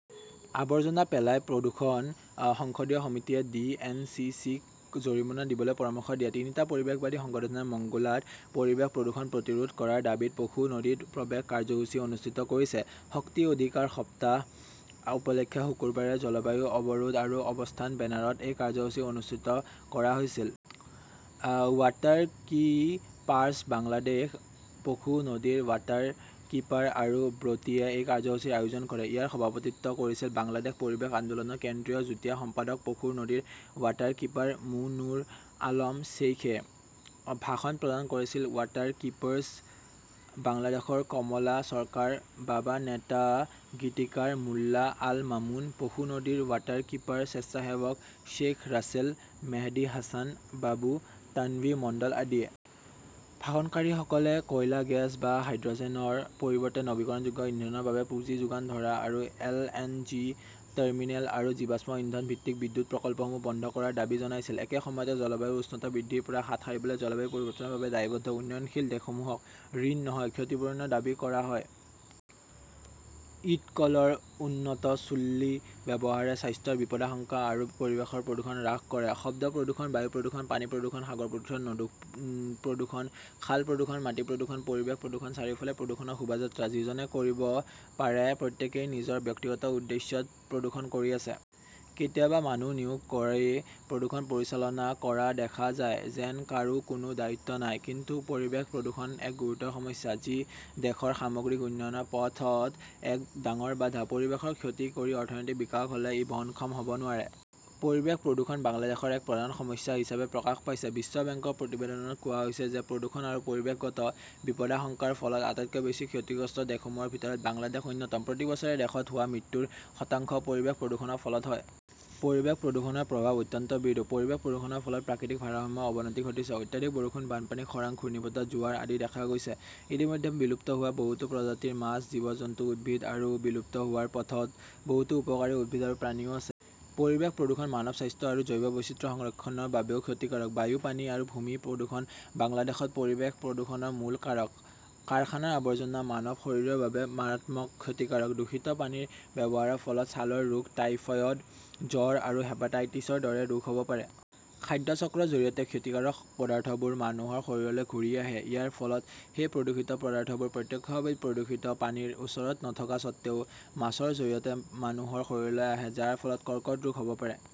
আৱৰ্জনা পেলাই পৰিৱেশ প্ৰদূষণঃ সংসদীয় সমিতিয়ে ডি. এন. চি. চি. -ক জৰিমনা দিবলৈ পৰামৰ্শ দিয়ে, তিনিটা পৰিৱেশবাদী সংগঠনে মংগোলাত পৰিৱেশ প্ৰদূষণ প্ৰতিৰোধ কৰাৰ দাবীত পশু নদীত প্ৰৱেশ কাৰ্যসূচী অনুষ্ঠিত কৰিছে। শক্তি অধিকাৰ সপ্তাহ উপলক্ষে শুকুৰবাৰে জলবায়ু অৱৰোধ আৰু অৱস্থান বেনাৰত এই কাৰ্যসূচী অনুষ্ঠিত কৰা হৈছিল। ৱাটাৰকীপাৰ্ছ বাংলাদেশ, পশু নদীৰ ৱাটাৰকীপাৰ আৰু ব্ৰতীয়ে এই কাৰ্যসূচীৰ আয়োজন কৰে। ইয়াৰ সভাপতিত্ব কৰিছিল বাংলাদেশ পৰিৱেশ আন্দোলনৰ কেন্দ্ৰীয় যুটীয়া সম্পাদক পশুৰ নদীৰ ৱাটাৰকীপাৰ মো. নুৰ আলম শ্বেইখয়ে। ভাষণ প্ৰদান কৰিছিল ৱাটাৰকীপাৰ্ছ বাংলাদেশৰ কমলা চৰকাৰ, বাবা নেতা গীতিকাৰ মোল্লা আল মামুন, পশু নদীৰ ৱাটাৰকীপাৰ স্বেচ্ছাসেৱক শ্বেইখ ৰাছেল, মেহদি হাছান বাবু, তানভি মণ্ডল আদিয়ে। ভাষণকাৰীসকলে কয়লা, গেছ বা হাইড্ৰ'জেনৰ পৰিৱৰ্তে নৱীকৰণযোগ্য ইন্ধনৰ বাবে পুঁজি যোগান ধৰা আৰু এলএনজি টাৰ্মিনেল আৰু জীৱাশ্ম ইন্ধন ভিত্তিক বিদ্যুৎ প্ৰকল্পসমূহ বন্ধ কৰাৰ দাবী জনাইছিল। একে সময়তে জলবায়ুৰ উষ্ণতা বৃদ্ধিৰ পৰা হাত সাৰিবলৈ জলবায়ু পৰিৱৰ্তনৰ বাবে দায়বদ্ধ উন্নয়নশীল দেশসমূহক ঋণ নহয়, ক্ষতিপূৰণৰ দাবী কৰা হয়। ইডকলৰ 'উন্নত চুল্লী' ব্যৱহাৰে স্বাস্থ্যৰ বিপদাশংকা আৰু পৰিৱেশৰ প্ৰদূষণ হ্ৰাস কৰে শব্দ প্ৰদূষণ, বায়ু প্ৰদূষণ, পানী প্ৰদূষণ, সাগৰ প্ৰদূষণ, নদী প্ৰদূষণ, খাল প্ৰদূষণ, মাটি প্ৰদূষণ, পৰিৱেশ প্ৰদূষণ, চাৰিওফালে প্ৰদূষণৰ শোভাযাত্ৰা। যিজনে কৰিব পাৰে, প্ৰত্যেকেই নিজৰ ব্যক্তিগত উদ্দেশ্যত প্ৰদূষণ কৰি আছে। কেতিয়াবা মানুহ নিয়োগ কৰি প্ৰদূষণ পৰিচালনা কৰা দেখা যায়। যেন কাৰো কোনো দায়িত্ব নাই। কিন্তু পৰিৱেশ প্ৰদূষণ এক গুৰুতৰ সমস্যা, যি দেশৰ সামগ্ৰিক উন্নয়নৰ পথত এক ডাঙৰ বাধা। পৰিৱেশৰ ক্ষতি কৰি অৰ্থনৈতিক বিকাশ হ'লে ই বহনক্ষম হ'ব নোৱাৰে। পৰিৱেশ প্ৰদূষণ বাংলাদেশৰ এক প্ৰধান সমস্যা হিচাপে প্ৰকাশ পাইছে। বিশ্ব বেংকৰ প্ৰতিবেদনত কোৱা হৈছে যে প্ৰদূষণ আৰু পৰিৱেশগত বিপদাশংকাৰ ফলত আটাইতকৈ বেছি ক্ষতিগ্ৰস্ত দেশসমূহৰ ভিতৰত বাংলাদেশ অন্যতম। প্ৰতি বছৰে দেশত হোৱা মৃত্যুৰ শতাংশ পৰিৱেশ প্ৰদূষণৰ ফলত হয়। পৰিৱেশ প্ৰদূষণৰ প্ৰভাৱ অত্যন্ত বিৰূপ। পৰিৱেশ প্ৰদূষণৰ ফলত প্ৰাকৃতিক ভাৰসাম্যৰ অৱনতি ঘটিছে। অত্যাধিক বৰষুণ, বানপানী, খৰাং, ঘূৰ্ণীবতাহ, জোৱাৰ আদি দেখা গৈছে। ইতিমধ্যে বিলুপ্ত হোৱা বহুতো প্ৰজাতিৰ মাছ, জীৱ-জন্তু, উদ্ভিদ আৰু বিলুপ্ত হোৱাৰ পথত বহুতো উপকাৰী উদ্ভিদ আৰু প্ৰাণীও আছে। পৰিৱেশ প্ৰদূষণ মানৱ স্বাস্থ্য আৰু জৈৱ বৈচিত্ৰ্য সংৰক্ষণৰ বাবেও ক্ষতিকাৰক। বায়ু, পানী আৰু ভূমি প্ৰদূষণ বাংলাদেশত পৰিৱেশ প্ৰদূষণৰ মূল কাৰক। কাৰখানাৰ আৱৰ্জনা মানৱ শৰীৰৰ বাবে মাৰাত্মক ক্ষতিকাৰক। দূষিত পানীৰ ব্যৱহাৰৰ ফলত ছালৰ ৰোগ, টাইফয়েড, জ্বৰ আৰু হেপাটাইটিছৰ দৰে ৰোগ হ'ব পাৰে। খাদ্য চক্ৰৰ জৰিয়তে ক্ষতিকাৰক পদাৰ্থবোৰ মানুহৰ শৰীৰলৈ ঘূৰি আহে। ইয়াৰ ফলত সেই প্ৰদূষিত পদাৰ্থবোৰ প্ৰত্যক্ষভাৱে প্ৰদূষিত পানীৰ ওচৰত নথকা স্বত্বেও মাছৰ জৰিয়তে মানুহৰ শৰীৰলৈ আহে, যাৰ ফলত কৰ্কট ৰোগ হ'ব পাৰে।